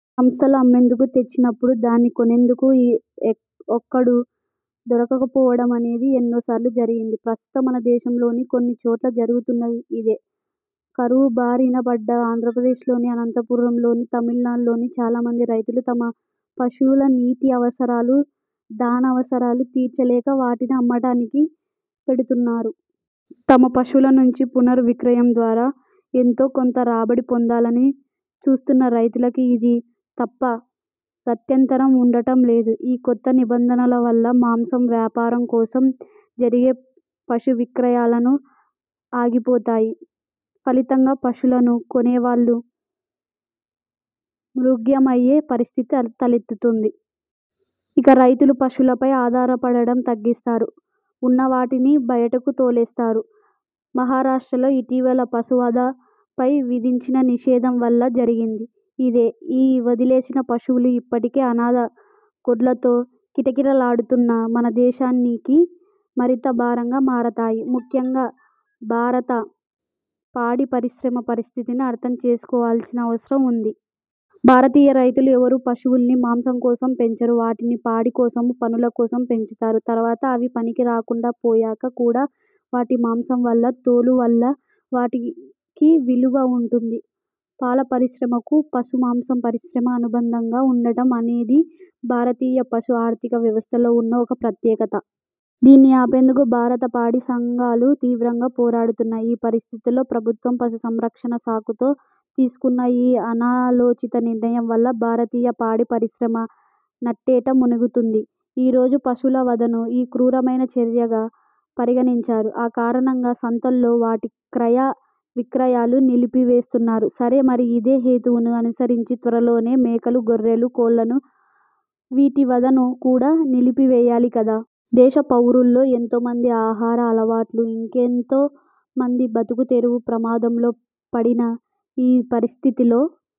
సంతలో అమ్మేందుకు తెచ్చినపుడు, దాన్ని కొనేందుకు ఒక్కడూ దొరక్కపోవటమనేది ఎన్నోసార్లు జరుగుతుంది. ప్రస్తుతం మన దేశంలో కొన్ని చోట్ల జరుగుతున్నది ఇదే. కరువు బారినపడ్డ ఆంధ్రప్రదేశ్లోని అనంతపురంలోనీ, తమిళనాడులోనీ చాలామంది రైతులు తమ పశువుల నీటి అవసరాలూ, దాణా అవసరాలూ తీర్చలేక వాటిని అమ్మకానికి పెడుతున్నారు. తమ పశువుల నుంచి పునర్విక్రయం ద్వారా ఎంతో కొంత రాబడి పొందాలని చూస్తున్న రైతులకు ఇది తప్ప గత్యంతరం ఉండటం లేదు. ఈ కొత్త నిబంధనల వల్ల మాంసం వ్యాపారం కోసం జరిగే పశు విక్రయాలను ఆగిపోతాయి. ఫలితంగా పశువులను కొనేవాళ్ళు మృగ్యమయ్యే పరిస్థితి తలెత్తుతుంది. ఇక రైతులు పశువులపై ఆధారపడటం తగ్గిస్తారు. ఉన్నవాటిని బయటకు తోలేస్తారు. మహారాష్ట్రలో ఇటీవల పశువధపై విధించిన నిషేధం వల్ల జరిగింది ఇదే. ఈ వదిలేసిన పశువులు ఇప్పటికే అనాథ గొడ్లతో కిటకిటలాడుతున్న మన దేశానికి మరింత భారంగా మారతాయి. ముఖ్యంగా భారత పాడి పరిశ్రమ పరిస్థితిని అర్థం చేసుకోవాల్సిన అవసరం ఉంది. భారతీయ రైతులు ఎవరూ పశువుల్ని మాంసం కోసం పెంచరు వాటిని పాడి కోసమూ, పనుల కోసమూ పెంచుతారు. తర్వాత అవి పనికిరాకుండా పోయాక కూడా వాటి మాంసం వల్ల, తోలు వల్లా వాటికి విలువ ఉంటుంది. పాల పరిశ్రమకు పశు మాంసం పరిశ్రమ అనుబంధంగా ఉండటం అనేది భారతీయ పశు ఆర్థిక వ్యవస్థలో ఉన్న ఒక ప్రత్యేకత. దీన్ని ఆపేందుకు భారత పాడి సంఘాలు తీవ్రంగా పోరాడుతున్నాయి. ఈ పరిస్థితుల్లో ప్రభుత్వం పశు సంరక్షణ సాకుతో తీసుకున్న ఈ అనాలోచిత నిర్ణయం వల్ల భారతీయ పాడి పరిశ్రమ నట్టేట మునుగుతుంది. ఈ రోజు పశువుల వధను ఈ క్రూరమైన చర్యగా పరిగణించారు, ఆ కారణంగా సంతల్లో వాటి క్రయ విక్రయాలు నిలిపివేస్తున్నారు సరే మరి ఇదే హేతువును అనుసరించి త్వరలోనే మేకలు, గొర్రెలు, కోళ్ళను వీటి వధను కూడా నిలిపివేయాలి కదా. దేశ పౌరుల్లో ఎంతో మంది ఆహార అలవాట్లూ, ఇంకెంతో మంది బతుకుతెరువూ ప్రమాదంలో పడిన ఈ పరిస్థితిలో